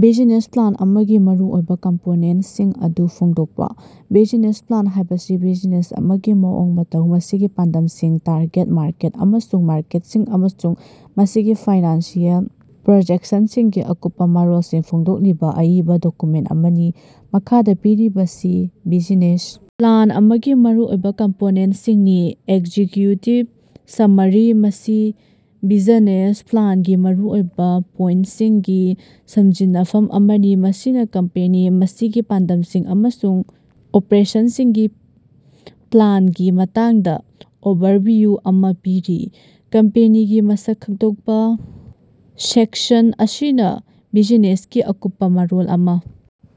Business plan ꯑꯃꯒꯤ ꯃꯔꯨꯑꯣꯏꯕ ꯀꯝꯄꯣꯅꯦꯟꯇꯁꯤꯡ ꯑꯗꯨ ꯐꯣꯡꯗꯣꯛꯄ꯫ ꯕꯤꯖꯤꯅꯦꯁ ꯄ꯭ꯂꯥꯟ ꯍꯥꯏꯕꯁꯤ ꯕꯤꯖꯤꯅꯦꯁ ꯑꯃꯒꯤ ꯃꯑꯣꯡ ꯃꯇꯧ, ꯃꯁꯤꯒꯤ ꯄꯥꯟꯗꯝꯁꯤꯡ, ꯇꯥꯔꯒꯦꯠ ꯃꯥꯔꯀꯦꯠ ꯑꯃꯁꯨꯡ ꯃꯥꯔꯀꯦꯠꯁꯤꯡ, ꯑꯃꯁꯨꯡ ꯃꯁꯤꯒꯤ ꯐꯥꯏꯅꯥꯟꯁꯤꯑꯦꯜ ꯄ꯭ꯞꯔꯣꯖꯦꯛꯁꯟꯁꯤꯡꯒꯤ ꯑꯀꯨꯞꯄ ꯃꯔꯣꯜꯁꯤꯡ ꯐꯣꯡꯗꯣꯛꯂꯤꯕ ꯑꯏꯕ ꯗꯣꯀꯨꯃꯦꯟꯇ ꯑꯃꯅꯤ꯫ ꯃꯈꯥꯗ ꯄꯤꯔꯤꯕꯁꯤ ꯕꯤꯖꯤꯅꯦꯁ ꯄ꯭ꯂꯥꯟ ꯑꯃꯒꯤ ꯃꯔꯨꯑꯣꯏꯕ ꯀꯝꯄꯣꯅꯦꯟꯇꯁꯤꯡꯅꯤ: ꯑꯦꯛꯖꯤꯛꯌꯨꯇꯤꯚ ꯁꯝꯃꯔꯤ: ꯃꯁꯤ ꯕꯤꯖꯅꯦꯁ ꯄ꯭ꯂꯥꯟꯒꯤ ꯃꯔꯨꯑꯣꯏꯕ ꯄꯣꯏꯟꯇꯁꯤꯡꯒꯤ ꯁꯝꯖꯤꯟꯅꯐꯝ ꯑꯃꯅꯤ, ꯃꯁꯤꯅ ꯀꯝꯄꯦꯅꯤ, ꯃꯁꯤꯒꯤ ꯄꯥꯟꯗꯝꯁꯤꯡ ꯑꯃꯁꯨꯡ ꯑꯣꯄꯔꯦꯁꯟꯁꯤꯡꯒꯤ ꯄ꯭ꯂꯥꯟꯒꯤ ꯃꯇꯥꯡꯗ ꯑꯣꯚꯔꯚꯤꯌꯨ ꯑꯃꯥ ꯄꯤꯔꯤ꯫ ꯀꯝꯄꯦꯅꯤꯒꯤ ꯃꯁꯛ ꯈꯪꯗꯣꯛꯄ: ꯁꯦꯛꯁꯟ ꯑꯁꯤꯅ ꯕꯤꯖꯤꯅꯦꯁꯀꯤ ꯑꯀꯨꯞꯄ ꯃꯔꯣꯜ ꯑꯃ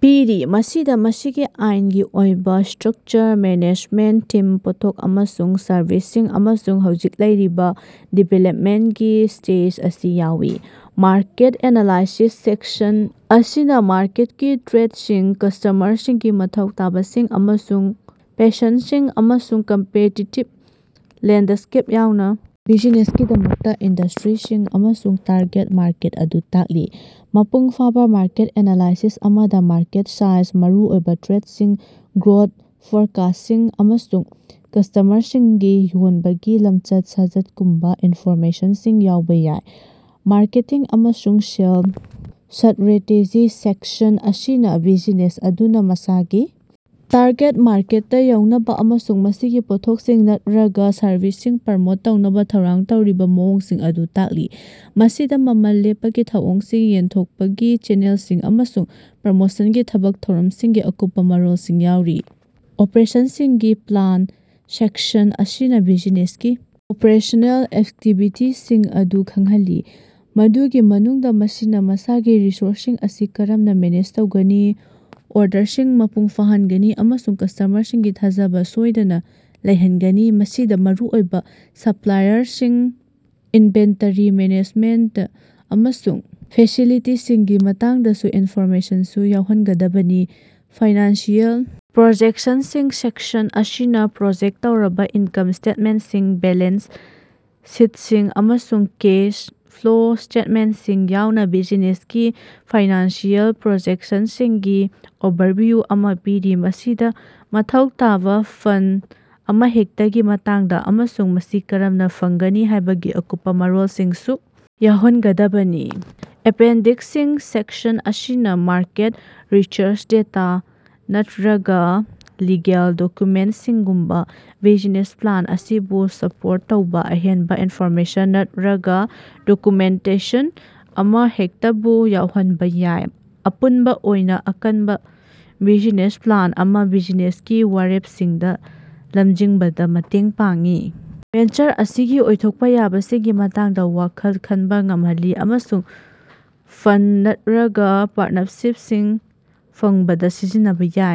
ꯄꯤꯔꯤ, ꯃꯁꯤꯗ ꯃꯁꯤꯒꯤ ꯑꯥꯏꯟꯒꯤ ꯑꯣꯏꯕ ꯁꯇ꯭ꯔꯛꯆꯔ, ꯃꯦꯅꯦꯖꯃꯦꯟꯇ ꯇꯤꯝ, ꯄꯣꯠꯊꯣꯛ ꯑꯃꯁꯨꯡ ꯁꯔꯚꯤꯁꯁꯤꯡ, ꯑꯃꯁꯨꯡ ꯍꯧꯖꯤꯛ ꯂꯩꯔꯤꯕ ꯗꯤꯚꯦꯂꯞꯃꯦꯟꯇꯒꯤ ꯁ꯭ꯇꯦꯖ ꯑꯁꯤ ꯌꯥꯎꯏ꯫ ꯃꯥꯔꯀꯦꯠ ꯑꯦꯅꯥꯂꯥꯏꯁꯤꯁ: ꯁꯦꯛꯁꯟ ꯑꯁꯤꯅ ꯃꯥꯔꯀꯦꯠꯀꯤ ꯇ꯭ꯔꯦꯗꯁꯤꯡ, ꯀꯁ꯭ꯇꯃꯔꯁꯤꯡꯒꯤ ꯃꯊꯧ ꯇꯥꯕꯁꯤꯡ ꯑꯃꯁꯨꯡ ꯄꯦꯁꯟꯗꯁꯤꯡ, ꯑꯃꯁꯨꯡ ꯀꯝꯄꯤꯇꯤꯇꯤꯕ ꯂꯦꯟꯗꯁ꯭ꯀꯦꯞ ꯌꯥꯎꯅꯥ ꯕꯤꯖꯤꯅꯦꯁꯀꯤꯗꯃꯛꯇꯥ ꯏꯟꯗꯁꯇꯔꯤꯁꯤꯡ ꯑꯃꯁꯨꯡ ꯇꯥꯔꯒꯦꯠ ꯃꯥꯔꯀꯦꯠ ꯑꯗꯨ ꯇꯥꯛꯂꯤ꯫ ꯃꯄꯨꯡꯐꯥꯕ ꯃꯥꯔꯀꯦꯠ ꯑꯦꯅꯥꯂꯥꯏꯁꯤꯁ ꯑꯃꯗ ꯃꯥꯔꯀꯦꯠ ꯁꯥꯏꯖ, ꯃꯔꯨꯑꯣꯏꯕꯥ ꯇ꯭ꯔꯦꯗꯁꯤꯡ, ꯒ꯭ꯔꯣꯊ ꯐꯣꯔꯀꯥꯁ꯭ꯇꯁꯤꯡ ꯑꯃꯁꯨꯡ ꯀꯁ꯭ꯇꯃꯔꯁꯤꯡꯒꯤ ꯌꯣꯟꯕꯒꯤ ꯂꯝꯆꯠ-ꯁꯥꯖꯠꯀꯨꯝꯕꯥ ꯏꯟꯐꯣꯔꯃꯦꯁꯟꯁꯤꯡ ꯌꯥꯎꯕ ꯌꯥꯏ꯫ ꯃꯥꯔꯀꯦꯇꯤꯡ ꯑꯃꯁꯨꯡ ꯁꯦꯜꯁ ꯁ꯭ꯠꯔꯦꯇꯦꯖꯤ: ꯁꯦꯛꯁꯟ ꯑꯁꯤꯅꯥ ꯕꯤꯖꯤꯅꯦꯁ ꯑꯗꯨꯅꯥ ꯃꯁꯥꯒꯤ ꯇꯥꯔꯒꯦꯠ ꯃꯥꯔꯀꯦꯠꯇꯥ ꯌꯧꯅꯕꯥ ꯑꯃꯁꯨꯡ ꯃꯁꯤꯒꯤ ꯄꯣꯠꯊꯣꯛꯁꯤꯡ ꯅꯠꯔꯒꯥ ꯁꯔꯚꯤꯁꯁꯤꯡ ꯄ꯭ꯔꯃꯣꯠ ꯇꯧꯅꯕꯥ ꯊꯧꯔꯥꯡ ꯇꯧꯔꯤꯕꯥ ꯃꯑꯣꯡꯁꯤꯡ ꯑꯗꯨ ꯇꯥꯛꯂꯤ꯫ ꯃꯁꯤꯗꯥ ꯃꯃꯜ ꯂꯦꯞꯄꯒꯤ ꯊꯧꯑꯣꯡꯁꯤꯡ, ꯌꯦꯟꯊꯣꯛꯄꯒꯤ ꯆꯦꯅꯦꯜꯁꯤꯡ ꯑꯃꯁꯨꯡ ꯄ꯭ꯞꯔꯃꯣꯁꯟꯒꯤ ꯊꯕꯛ ꯊꯧꯔꯝꯁꯤꯡꯒꯤ ꯑꯀꯨꯞꯄꯥ ꯃꯔꯣꯜꯁꯤꯡ ꯌꯥꯎꯔꯤ꯫ ꯑꯣꯄꯔꯦꯁꯟꯁꯤꯡꯒꯤ ꯄ꯭ꯂꯥꯟ: ꯁꯦꯛꯁꯟ ꯑꯁꯤꯅ ꯕꯤꯖꯤꯅꯦꯁꯀꯤ ꯑꯣꯄꯔꯦꯁꯅꯦꯜ ꯑꯦꯛꯇꯤꯚꯤꯇꯤꯁꯤꯡ ꯑꯗꯨ ꯈꯪꯍꯜꯂꯤ, ꯃꯗꯨꯒꯤ ꯃꯅꯨꯡꯗꯥ ꯃꯁꯤꯅꯥ ꯃꯁꯤꯒꯤ ꯔꯤꯁꯣꯔꯁꯁꯤꯡ ꯑꯁꯤ ꯀꯔꯝꯅꯥ ꯃꯦꯅꯦꯖ ꯇꯧꯒꯅꯤ, ꯑꯣꯔꯗꯔꯁꯤꯡ ꯃꯄꯨꯡ ꯐꯥꯍꯟꯒꯅꯤ ꯑꯃꯁꯨꯡ ꯀꯁ꯭ꯇꯃꯔꯁꯤꯡꯒꯤ ꯊꯥꯖꯕꯥ ꯁꯣꯏꯗꯅꯥ ꯂꯩꯍꯟꯒꯅꯤ ꯫ ꯃꯁꯤꯗꯥ ꯃꯔꯨꯑꯣꯏꯕꯥ ꯁꯞꯄ꯭ꯂꯥꯏꯌꯔꯁꯤꯡ, ꯏꯟꯚꯦꯟꯇꯔꯤ ꯃꯦꯅꯦꯖꯃꯦꯟꯇ ꯑꯃꯁꯨꯡ ꯐꯦꯁꯤꯂꯤꯇꯤꯁꯤꯡꯒꯤ ꯃꯇꯥꯡꯗꯁꯨ ꯏꯟꯐꯣꯔꯃꯦꯁꯟꯁꯨ ꯌꯥꯎꯍꯟꯒꯗꯕꯅꯤ꯫ ꯐꯥꯏꯅꯥꯟꯁꯤꯑꯦꯜ ꯄ꯭ꯞꯔꯣꯖꯦꯛꯁꯟꯗꯁꯤꯡ: ꯁꯦꯛꯁꯟ ꯑꯁꯤꯅꯥ ꯄ꯭ꯞꯔꯣꯖꯦꯛ ꯇꯧꯔꯕꯥ ꯏꯟꯀꯝ ꯁ꯭ꯇꯦꯠꯃꯦꯟꯇꯁꯤꯡ, ꯕꯦꯂꯦꯟꯁ ꯁꯤꯠꯁꯤꯡ, ꯑꯃꯁꯨꯡ ꯀꯦꯁ ꯐ꯭ꯂꯣ ꯁ꯭ꯇꯦꯠꯃꯦꯟꯇꯁꯤꯡ ꯌꯥꯎꯅꯥ ꯕꯤꯖꯤꯅꯦꯁꯀꯤ ꯐꯥꯏꯅꯥꯟꯁꯤꯑꯦꯜ ꯄ꯭ꯞꯔꯣꯖꯦꯛꯁꯟꯁꯤꯡꯒꯤ ꯑꯣꯚꯔꯚꯤꯌꯨ ꯑꯃꯥ ꯄꯤꯔꯤ꯫ ꯃꯁꯤꯗꯥ ꯃꯊꯧ ꯇꯥꯕꯥ ꯐꯟꯗ ꯑꯃꯍꯦꯛꯇꯒꯤ ꯃꯇꯥꯡꯗꯥ ꯑꯃꯁꯨꯡ ꯃꯁꯤ ꯀꯔꯝꯅꯥ ꯐꯪꯒꯅꯤ ꯍꯥꯏꯕꯒꯤ ꯑꯀꯨꯞꯄꯥ ꯃꯔꯣꯜꯁꯤꯡꯁꯨ ꯌꯥꯎꯍꯟꯒꯗꯕꯅꯤ꯫ ꯑꯦꯄꯦꯟꯗꯤꯛꯁꯁꯤꯡ: ꯁꯦꯛꯁꯟ ꯑꯁꯤꯅꯥ ꯃꯥꯔꯀꯦꯠ ꯔꯤꯆꯔꯆ ꯗꯦꯇꯥ ꯅꯠꯠꯔꯒꯥ ꯂꯤꯒꯦꯜ ꯗꯣꯛꯌꯨꯃꯦꯟꯇꯁꯤꯡꯒꯨꯝꯕꯥ ꯕꯤꯖꯤꯅꯦꯁ ꯄ꯭ꯂꯥꯟ ꯑꯁꯤꯕꯨ ꯁꯄꯣꯔꯠ ꯇꯧꯕꯥ ꯑꯍꯦꯟꯕꯥ ꯏꯟꯐꯣꯔꯃꯦꯁꯟ ꯅꯠꯠꯔꯒꯥ ꯗꯣꯛꯌꯨꯃꯦꯟꯇꯦꯁꯟ ꯑꯃꯍꯦꯛꯇꯕꯨ ꯌꯥꯎꯍꯟꯕꯥ ꯌꯥꯏ꯫ ꯑꯄꯨꯟꯕꯥ ꯑꯣꯏꯅꯥ, ꯑꯀꯟꯕꯥ ꯕꯤꯖꯤꯅꯦꯁ ꯄ꯭ꯂꯥꯟ ꯑꯃꯅꯥ ꯕꯤꯖꯤꯅꯦꯁꯀꯤ ꯋꯥꯔꯦꯄꯁꯤꯡꯗꯥ ꯂꯝꯖꯤꯡꯕꯗꯥ ꯃꯇꯦꯡ ꯄꯥꯡꯏ, ꯚꯦꯟꯆꯔ ꯑꯁꯤꯒꯤ ꯑꯣꯏꯊꯣꯛꯄꯥ ꯌꯥꯕꯁꯤꯡꯒꯤ ꯃꯇꯥꯡꯗꯥ ꯋꯥꯈꯜ ꯈꯟꯕꯥ ꯉꯝꯍꯜꯂꯤ ꯑꯃꯁꯨꯡ ꯐꯟꯗ ꯅꯠꯠꯔꯒꯥ ꯄꯥꯔꯇꯅꯔꯁꯤꯞꯁꯤꯡ ꯐꯪꯕꯗꯥ ꯁꯤꯖꯤꯟꯅꯕꯥ ꯌꯥꯏ꯫